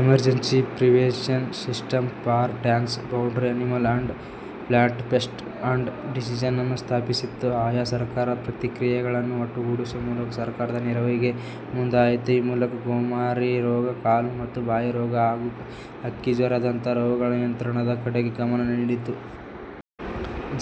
Emergency prevention system for transboundary animal and plant pests and diseases ಅನ್ನು ಸ್ಥಾಪಿಸಿತು. ಆಯಾ ಸರ್ಕಾರದ ಪ್ರತಿಕ್ರಿಯೆಗಳನ್ನು ಒಟ್ಟುಗೂಡಿಸುವ ಮೂಲಕ ಸರ್ಕಾರದ ನೆರವಿಗೆ ಮುಂದಾಯಿತು. ಈ ಮೂಲಕ ಗೋಮಾರಿ ರೋಗ, ಕಾಲು ಮತ್ತು ಬಾಯಿ ರೋಗ ಹಾಗು ಹಕ್ಕಿ ಜ್ವರ ದಂತಹ ರೋಗಗಳ ನಿಯಂತ್ರಣದ ಕಡೆಗೆ ಗಮನ ನೀಡಿತು.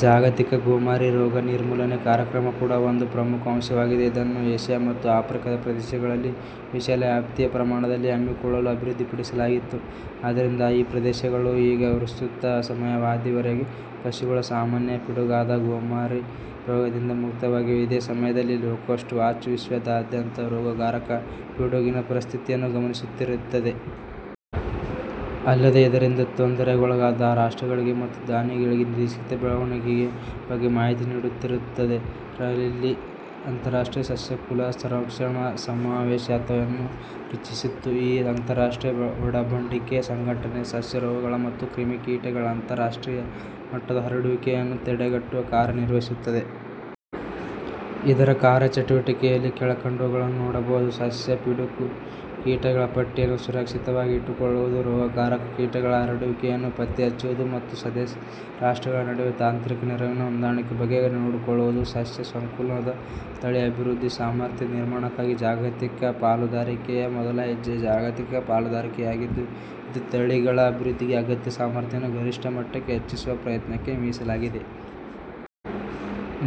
ಜಾಗತಿಕ ಗೋಮಾರಿ ರೋಗ ನಿರ್ಮೂಲನೆ ಕಾರ್ಯಕ್ರಮ ಕೂಡ ಒಂದು ಪ್ರಮುಖ ಅಂಶವಾಗಿದೆ. ಇದನ್ನು ಏಷ್ಯಾ ಮತ್ತು ಆಫ್ರಿಕಾದ ಪ್ರದೇಶಗಳಲ್ಲಿ ವಿಶಾಲ ವ್ಯಾಪ್ತಿಯ ಪ್ರಮಾಣದಲ್ಲಿ ಹಮ್ಮಿಕೊಳ್ಳಲು ಅಭಿವೃದ್ಧಿಪಡಿಸಲಾಯಿತು. ಆದ್ದರಿಂದ ಈ ಪ್ರದೇಶಗಳು ಈಗ ವಿಸ್ತೃತ ಸಮಯಾವಧಿ ವರೆಗೆ ಪಶುಗಳ ಸಾಮಾನ್ಯ ಪಿಡುಗಾದ, ಗೋಮಾರಿ ರೋಗದಿಂದ ಮುಕ್ತವಾಗಿವೆ. ಇದೇ ಸಮಯದಲ್ಲಿ ಲೋಕಸ್ಟ್ ವಾಚ್, ವಿಶ್ವದಾದ್ಯಂತ ರೋಗಕಾರಕ ಪಿಡುಗಿನ ಪರಿಸ್ಥಿತಿಯನ್ನು ಗಮನಿಸುತ್ತಿರುತ್ತದೆ. ಅಲ್ಲದೇ ಇದರಿಂದ ತೊಂದರೆಗೊಳಗಾದ ರಾಷ್ಟ್ರಗಳಿಗೆ ಮತ್ತು ದಾನಿಗಳಿಗೆ ನಿರೀಕ್ಷಿತ ಬೆಳವಣಿಗೆಯ ಬಗ್ಗೆ ಮಾಹಿತಿ ನೀಡುತ್ತಿರುತ್ತದೆ., ರಲ್ಲಿ ಅಂತರರಾಷ್ಟ್ರೀಯ ಸಸ್ಯಕುಲ ಸಂರಕ್ಷಣಾ ಸಮಾವೇಶ ಅಥವಾ ಯನ್ನು ರಚಿಸಿತು. ಈ ಅಂತರರಾಷ್ಟ್ರೀಯ ಒಡಂಬಡಿಕೆ ಸಂಘಟನೆ, ಸಸ್ಯ ರೋಗಗಳ ಮತ್ತು ಕ್ರಿಮಿಕೀಟಗಳ ಅಂತರರಾಷ್ಟ್ರೀಯ ಮಟ್ಟದ ಹರಡುವಿಕೆಯನ್ನು ತಡೆಗಟ್ಟುವ ಕಾರ್ಯ ನಿರ್ವಹಿಸುತ್ತದೆ. ಇದರ ಕಾರ್ಯಚಟುವಟಿಕೆಯಲ್ಲಿ ಕೆಳಕಂಡವುಗಳನ್ನು ನೋಡಬಹುದು: ಸಸ್ಯ ಪಿಡುಗು ಕೀಟಗಳ ಪಟ್ಟಿಯನ್ನು ಸುರಕ್ಷಿತವಾಗಿ ಇಟ್ಟುಕೊಳ್ಳುವುದು, ರೋಗಕಾರಕ ಕೀಟಗಳ ಹರಡುವಿಕೆಯನ್ನು ಪತ್ತೆಹಚ್ಚುವುದು, ಮತ್ತು ಸದಸ್ಯ ರಾಷ್ಟ್ರಗಳ ನಡುವೆ ತಾಂತ್ರಿಕ ನೆರವಿನ ಹೊಂದಾಣಿಕೆ ಬಗೆಗೆ ನೋಡಿಕೊಳ್ಳುವುದು. ಸಸ್ಯ ಸಂಕುಲದ ತಳಿ ಅಭಿವೃದ್ಧಿ ಸಾಮರ್ಥ್ಯ ನಿರ್ಮಾಣಕ್ಕಾಗಿ ಜಾಗತಿಕ ಪಾಲುದಾರಿಕೆಯ ಮೊದಲ ಹೆಜ್ಜೆಯು, ಜಾಗತಿಕ ಪಾಲುದಾರಿಕೆಯಾಗಿದ್ದು, ಇದು ತಳಿಗಳ ಅಭಿವೃದ್ಧಿಗೆ ಅಗತ್ಯ ಸಾಮರ್ಥ್ಯವನ್ನು ಗರಿಷ್ಠ ಮಟ್ಟಕ್ಕೆ ಹೆಚ್ಚಿಸುವ ಪ್ರಯತ್ನಕ್ಕೆ ಮೀಸಲಾಗಿದೆ.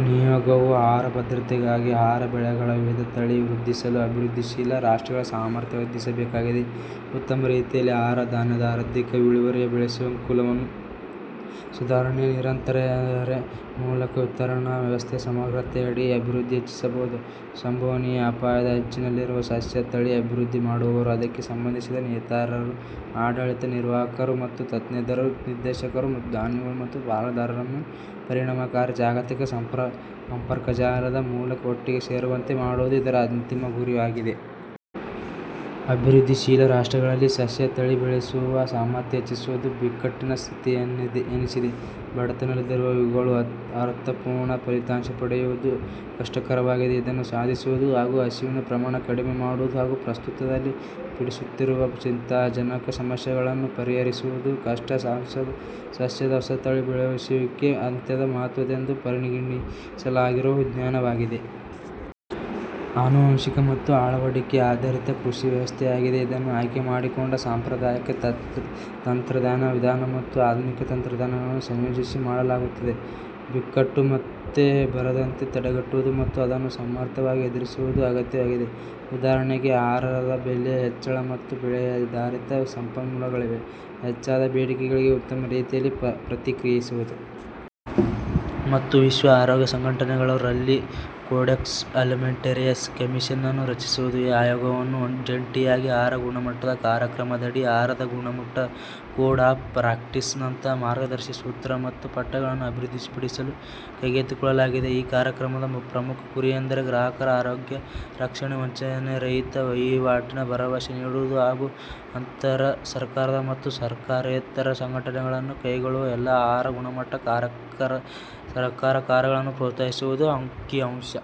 ನಿಯೋಗವು, ಆಹಾರ ಭದ್ರತೆಗಾಗಿ ಆಹಾರ ಬೆಳೆಗಳ ವಿವಿಧ ತಳಿ ವೃದ್ಧಿಸಲು ಅಭಿವೃದ್ಧಿಶೀಲ ರಾಷ್ಟ್ರಗಳ ಸಾಮರ್ಥ್ಯ ವರ್ಧಿಸಬೇಕಾಗಿದೆ. ಉತ್ತಮ ರೀತಿಯಲ್ಲಿ ಆಹಾರ ಧಾನ್ಯದ ಅಧಿಕ ಇಳುವರಿಯ ಬೆಳೆಸಂಕುಲವನ್ನು ಸುಧಾರಣೆಯ ನಿರಂತರತೆ ಮೂಲಕ, ವಿತರಣಾ ವ್ಯವಸ್ಥೆಯ ಸಮಗ್ರತೆಯಡಿ ಅಭಿವೃದ್ಧಿ ಹೆಚ್ಚಿಸಬಹುದು. ಸಂಭವನೀಯ ಅಪಾಯದ ಅಂಚಿನಲ್ಲಿರುವ ಸಸ್ಯ ತಳಿ ಅಭಿವೃದ್ಧಿ ಮಾಡುವವರು, ಅದಕ್ಕೆ ಸಂಭಂಧಿಸಿದ ನೇತಾರರು, ಆಡಳಿತ ನಿರ್ವಾಹಕರು ಮತ್ತು ತಂತ್ರಜ್ಞರು, ನಿರ್ದೇಶಕರು ಮತ್ತು, ದಾನಿಗಳು ಮತ್ತು ಪಾಲುದಾರರನ್ನು ಪರಿಣಾಮಕಾರಿ ಜಾಗತಿಕ ಸಂಪರ್ಕಜಾಲದ ಮೂಲಕ ಒಟ್ಟಿಗೆ ಸೇರುವಂತೆ ಮಾಡುವುದು ಇದರ ಅಂತಿಮ ಗುರಿಯಾಗಿದೆ. ಅಭಿವೃದ್ಧಿಶೀಲ ರಾಷ್ಟ್ರಗಳಲ್ಲಿ ಸಸ್ಯ ತಳಿ ಬೆಳೆಸುವ ಸಾಮರ್ಥ್ಯ ಹೆಚ್ಚಿಸುವುದು ಬಿಕ್ಕಟ್ಟಿನ ಸ್ಥಿತಿ ಎನಿಸಿದೆ. ಬಡತನದಲ್ಲಿರುವ ಇವುಗಳು ಅರ್ಥಪೂರ್ಣ ಫಲಿತಾಂಶ ಪಡೆಯುವುದು ಕಷ್ಟಕರವಾಗಿದೆ. ಇದನ್ನು ಸಾಧಿಸುವುದು ಹಾಗು ಹಸಿವಿನ ಪ್ರಮಾಣ ಕಡಿಮೆ ಮಾಡುವುದು, ಹಾಗು ಪ್ರಸ್ತುತದಲ್ಲಿ ಪೀಡಿಸುತ್ತಿರುವ ಚಿಂತಾಜನಕ ಸಮಸ್ಯೆಗಳನ್ನು ಪರಿಹರಿಸುವುದು ಕಷ್ಟ. ಸಸ್ಯದ ಹೊಸತಳಿ ಬೆಳೆಸುವಿಕೆಯು, ಅತ್ಯಂತ ಮಹತ್ವದೆಂದು ಪರಿಗಣಿಸಲಾಗಿರುವ ವಿಜ್ಞಾನವಾಗಿದೆ. ಆನುವಂಶಿಕ ಮತ್ತು ಅಳವಡಿಕೆ ಆಧಾರಿತ, ಕೃಷಿ ವ್ಯವಸ್ಥೆಯಾಗಿದೆ. ಇದನ್ನು ಆಯ್ಕೆ ಮಾಡಿಕೊಂಡ ಸಾಂಪ್ರದಾಯಿಕ ತಂತ್ರಜ್ಞಾನ ವಿಧಾನ ಮತ್ತು ಆಧುನಿಕ ತಂತ್ರಜ್ಞಾನಗಳನ್ನು ಸಂಯೋಜಿಸಿ ಮಾಡಲಾಗುತ್ತದೆ. ಬಿಕ್ಕಟ್ಟು ಮತ್ತೆ ಬರದಂತೆ ತಡೆಗಟ್ಟುವುದು ಮತ್ತು ಅದನ್ನು ಸಮರ್ಥವಾಗಿ ಎದುರಿಸುವುದು ಅಗತ್ಯವಾಗಿದೆ. ಉದಾಹರಣೆಗೆ, ಆಹಾರದ ಬೆಲೆ ಹೆಚ್ಚಳ ಮತ್ತು ಬೆಳೆಯಾಧಾರಿತ ಸಂಪನ್ಮೂಲಗಳಿಗೆ ಹೆಚ್ಚಾದ ಬೇಡಿಕೆಗಳಿಗೆ ಉತ್ತಮ ರೀತಿಯಲ್ಲಿ ಪ್ರತಿಕ್ರಿಯಿಸುವುದು. ಮತ್ತು ವಿಶ್ವ ಆರೋಗ್ಯ ಸಂಘಟನೆಗಳು ರಲ್ಲಿ ಕೊಡೆಕ್ಸ್ ಅಲೈಮೆಂಟರಿಯಸ್ ಕಮಿಷನ್ ಅನ್ನು ರಚಿಸಿದವು. ಈ ಆಯೋಗವನ್ನು ಜಂಟಿಯಾಗಿ ಆಹಾರ ಗುಣಮಟ್ಟದ ಕಾರ್ಯಕ್ರಮದಡಿ, ಆಹಾರದ ಗುಣಮಟ್ಟ, ಕೋಡ್ ಆಫ್ ಪ್ರಾಕ್ಟೀಸ್ ನಂತಹ ಮಾರ್ಗದರ್ಶಿ ಸೂತ್ರ ಮತ್ತು ಪಠ್ಯಗಳನ್ನು ಅಭಿವೃದ್ಧಿಪಡಿಸಲು ಕೈಗೆತ್ತಿಕೊಳ್ಳಲಾಗಿದೆ. ಈ ಕಾರ್ಯಕ್ರಮದ ಪ್ರಮುಖ ಗುರಿಯೆಂದರೆ; ಗ್ರಾಹಕನ ಆರೋಗ್ಯ ರಕ್ಷಣೆ, ವಂಚನೆರಹಿತ ವಹಿವಾಟಿನ ಭರವಸೆ ನೀಡುವುದು ಹಾಗು ಅಂತರಸರ್ಕಾರದ ಮತ್ತು ಸರ್ಕಾರೇತರ ಸಂಘಟನೆಗಗಳು ಕೈಗೊಳ್ಳುವ ಎಲ್ಲಾ ಆಹಾರ ಗುಣಮಟ್ಟ ಕಾರ್ಯದ ಸಹಕಾರ ಕಾರ್ಯಗಳನ್ನು ಪ್ರೋತ್ಸಾಹಿಸುವುದು. ಅಂಕಿಅಂಶ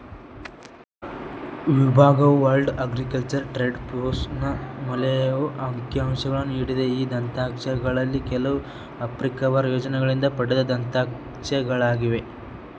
ವಿಭಾಗವು, ವಲ್ಡ್ ಅಗ್ರಿಕಲ್ಚರಲ್ ಟ್ರೇಡ್ ಫ್ಲೋಸ್ ನ ಮೇಲೆಯೂ ಅಂಕಿಅಂಶಗಳನ್ನು ನೀಡಿದೆ. ಈ ದತ್ತಾಂಶಗಳಲ್ಲಿ ಕೆಲವು ಅಫ್ರಿಕವರ್ ಯೋಜನೆಗಳಿಂದ ಪಡೆದ ದತ್ತಾಂಶಗಳಾಗಿವೆ.